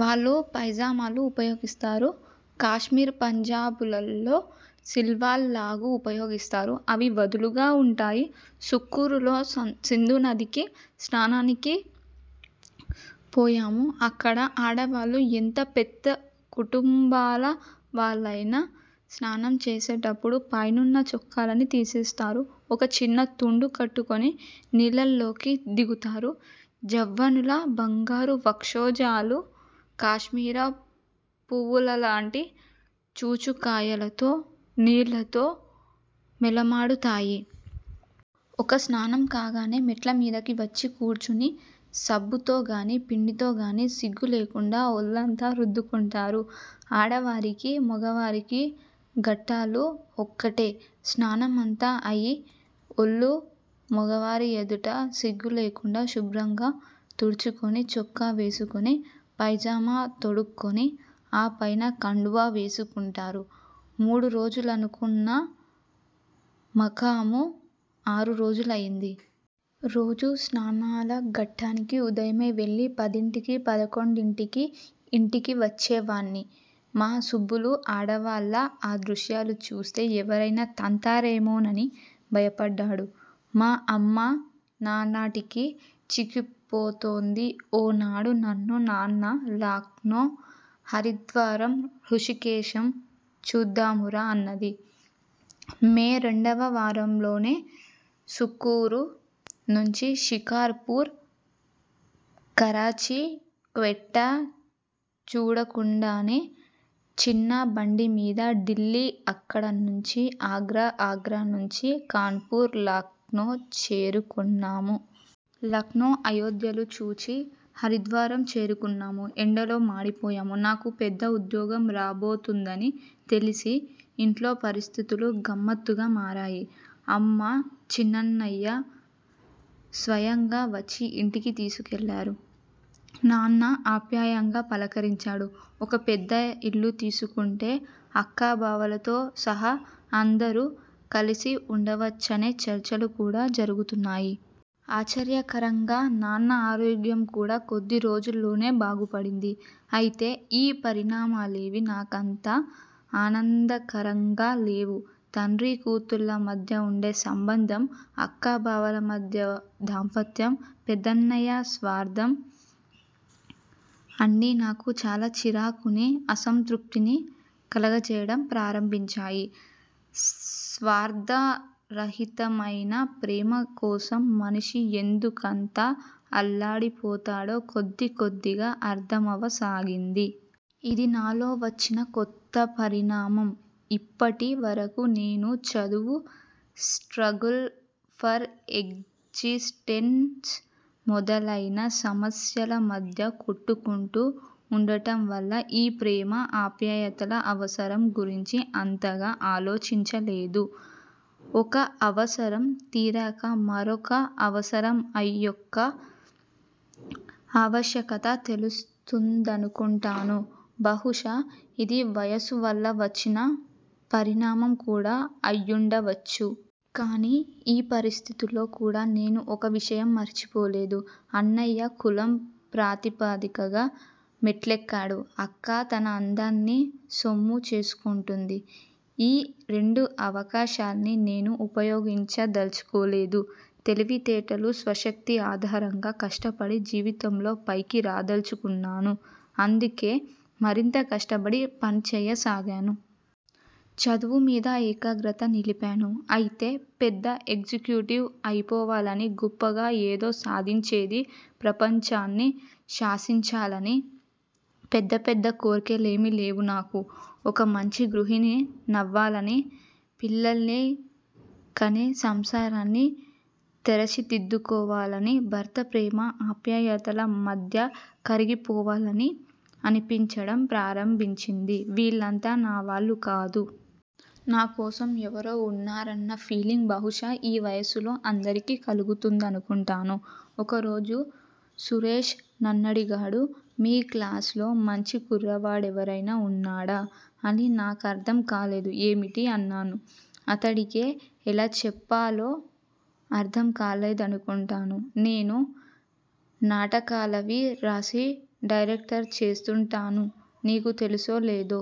వాళ్ళు పైజామాలు ఉపయోగిస్తారు. కాశ్మీర్ పంజాబులలో సిల్వాల్ లాగు ఉపయోగిస్తారు, అవి వదులుగా వుంటాయి. సుక్కూరులో సింధునదికి స్నానానికి పోయాము. అక్కడ ఆడవాళ్ళు ఎంత పెద్ద కుటుంబాల వాళ్ళయినా స్నానం చేసేటప్పుడు పైనున్న చొక్కాలన్నీ తెసేస్తారు. ఒక చిన్న తుండు కట్టుకొని నీళ్ళలోకి దిగుతారు. జవ్వనుల బంగారు వక్షోజాలు కాశ్మీర పూవులలాంటి చూచుకాయలతో నీళ్ళతో మేలమాడుతాయి. ఒక స్నానం కాగానే మెట్లమీదకు వచ్చి కూర్చొని, సబ్బుతోగాని, పిండితోగాని సిగ్గు లేకుండా ఒళ్ళంతా రుద్దుకుంటారు. ఆడవారికీ, మొగవారికీ ఘట్టాలు ఒక్కటే! స్నానమంతా అయి ఒళ్ళు మొగవారి ఎదుట సిగ్గు లేకుండా శుభ్రంగా తుడుచుకొని చొక్కా వేసుకొని, పైజమా తొడుక్కొని ఆపైన కండువా వేసుకుంటారు. మూడు రోజులనుకున్న మకాము ఆరు రోజులయింది. రోజూ స్నానాల ఘట్టానికి ఉదయమే వెళ్ళి, పదింటికి, పదకొండింటికి ఇంటికి వచ్చేవాణ్ణి. మా సుబ్బులు ఆడవాళ్ళ ఆ దృశ్యాలు చుస్తే ఎవరైనా తంతారేమోనని భయపడ్డాడు. మా అమ్మ నానాటికి చిక్కిపోతోంది. ఓనాడు నన్ను '' నాన్నా! లక్నో, హరిద్వారం, హృషీకేశం చూద్దామురా? '' అన్నది. మే రెండవ వారంలోనే సుక్కూరు నుంచి షికార్ పూర్, కరాచీ, క్వెట్టా చూడకుండానే చిన్న బండిమీద ఢిల్లీ, అక్కడనుంచి ఆగ్రా, ఆగ్రానుంచి కాన్పూరు, లక్నో చేరుకున్నాము. లక్నో అయోధ్యలు చూచి హరిద్వారం చేరుకున్నాము. ఎండలో మాడిపోయాము. నాకు పెద్ద ఉద్యోగం రాబోతోందని తెలిసి ఇంట్లో పరిస్థితులు గమ్మత్తుగా మారాయి. అమ్మ, చిన్నన్నయ్య స్వయంగా వచ్చి ఇంటికి తీసుకెళ్ళారు. నాన్న ఆప్యాయంగా పలకరించాడు. ఒక పెద్ద ఇల్లు తీసుకుంటే అక్కా బావలతో సహా అందరూ కలసి వుండవచ్చనే చర్చలు కూడా జరుగుతున్నాయి. ఆశ్చర్యకరంగా నాన్న ఆరోగ్యంకూడా కొద్దిరోజుల్లోనే బాగుపడింది. అయితే ఈ పరిణామాలేవీ నా కంత ఆనందకరంగా లేవు. తండ్రీ కూతుళ్ళ మధ్య వుండే సంబంధం, అక్కా బావల మధ్య దాంపత్యం, పెద్దన్నయ్య స్వార్థం- అన్నీ నాకు చాలా చిరాకునీ, అసంతృప్తినీ కలగజేయడం ప్రారంభించాయి. స్వార్థరహితమైన ప్రేమకోసం మనిషి ఎందుకంత అల్లాడిపోతాడో కొద్దికొద్దిగా అర్థమవసాగింది. ఇది నాలో వచ్చిన కొత్త పరిణామం. ఇప్పటి వరకూ నేను చదువు, స్ట్రగుల్ ఫర్ ఎగ్జిస్టెన్స్ మొదలైన సమస్యల మధ్య కొట్టుకుంటూ వుండటంవల్ల ఈ ప్రేమ, ఆప్యాయతల అవసరం గురించి అంతగా ఆలోచించలేదు. ఒక అవసరం తీరాక మరొక అవసరం యొక్క ఆవశ్యకత తెలుస్తుందనుకుంటాను. బహుశా ఇది వయసువల్ల వచ్చిన పరిణామం కూడా అయ్యుండచ్చు. కానీ ఈ పరిస్థితిలో కూడా నేను ఒక విషయం మరచిపోలేదు. అన్నయ్య కులం ప్రాతిపదికగా మెట్లెక్కాడు. అక్క తన అందాన్ని సొమ్ము చేసుకుంటోంది. ఈ రెండు అవకాశాల్నీ నేను ఉపయోగించదల్చుకోలేదు. తెలివితేటలు, స్వశక్తి ఆధారంగా కష్టపడి జీవితంలో పైకి రాదల్చుకున్నాను. అందుకే మరింత కష్టపడి పనిచేయసాగాను. చదువుమీద ఏకాగ్రత నిలిపాను. అయితే పెద్ద ఎగ్జిక్యూటివ్ అయిపోవాలనీ, గొప్పగా ఏదో సాధించేసి ప్రపంచాన్ని శాసించాలనీ పెద్ద పెద్ద కోర్కెలేమీ లేవు నాకు. ఒక మంచి గృహిణి నవ్వాలనీ, పిల్లల్ని కని సంసారాన్ని తెరచిదిద్దుకోవాలనీ, భర్త ప్రేమ, ఆప్యాయతల మధ్య కరిగిపోవాలనీ అనిపించడం ప్రారంభించింది. వీళ్ళంతా నా వాళ్ళు కాదు. నా కోసం ఎవరో వున్నారన్న ఫీలింగ్ బహుశా ఈ వయసులో అందరికీ కలుగుతుందనుకుంటాను. ఒక రోజు సురేష్ నన్నడిగాడు- మీ క్లాస్ లో మంచి కుర్రవాడెవరైనా వున్నాడా? అని. నా కర్థం కాలేదు. ఏమిటి? అన్నాను. అతడికే ఎలా చెప్పాలో అర్థం కాలేదనుకుంటాను. నేను నాటకాలవీ రాసి డైరెక్ట్ చేస్తూంటాను. నీకు తెలుసో, లేదో?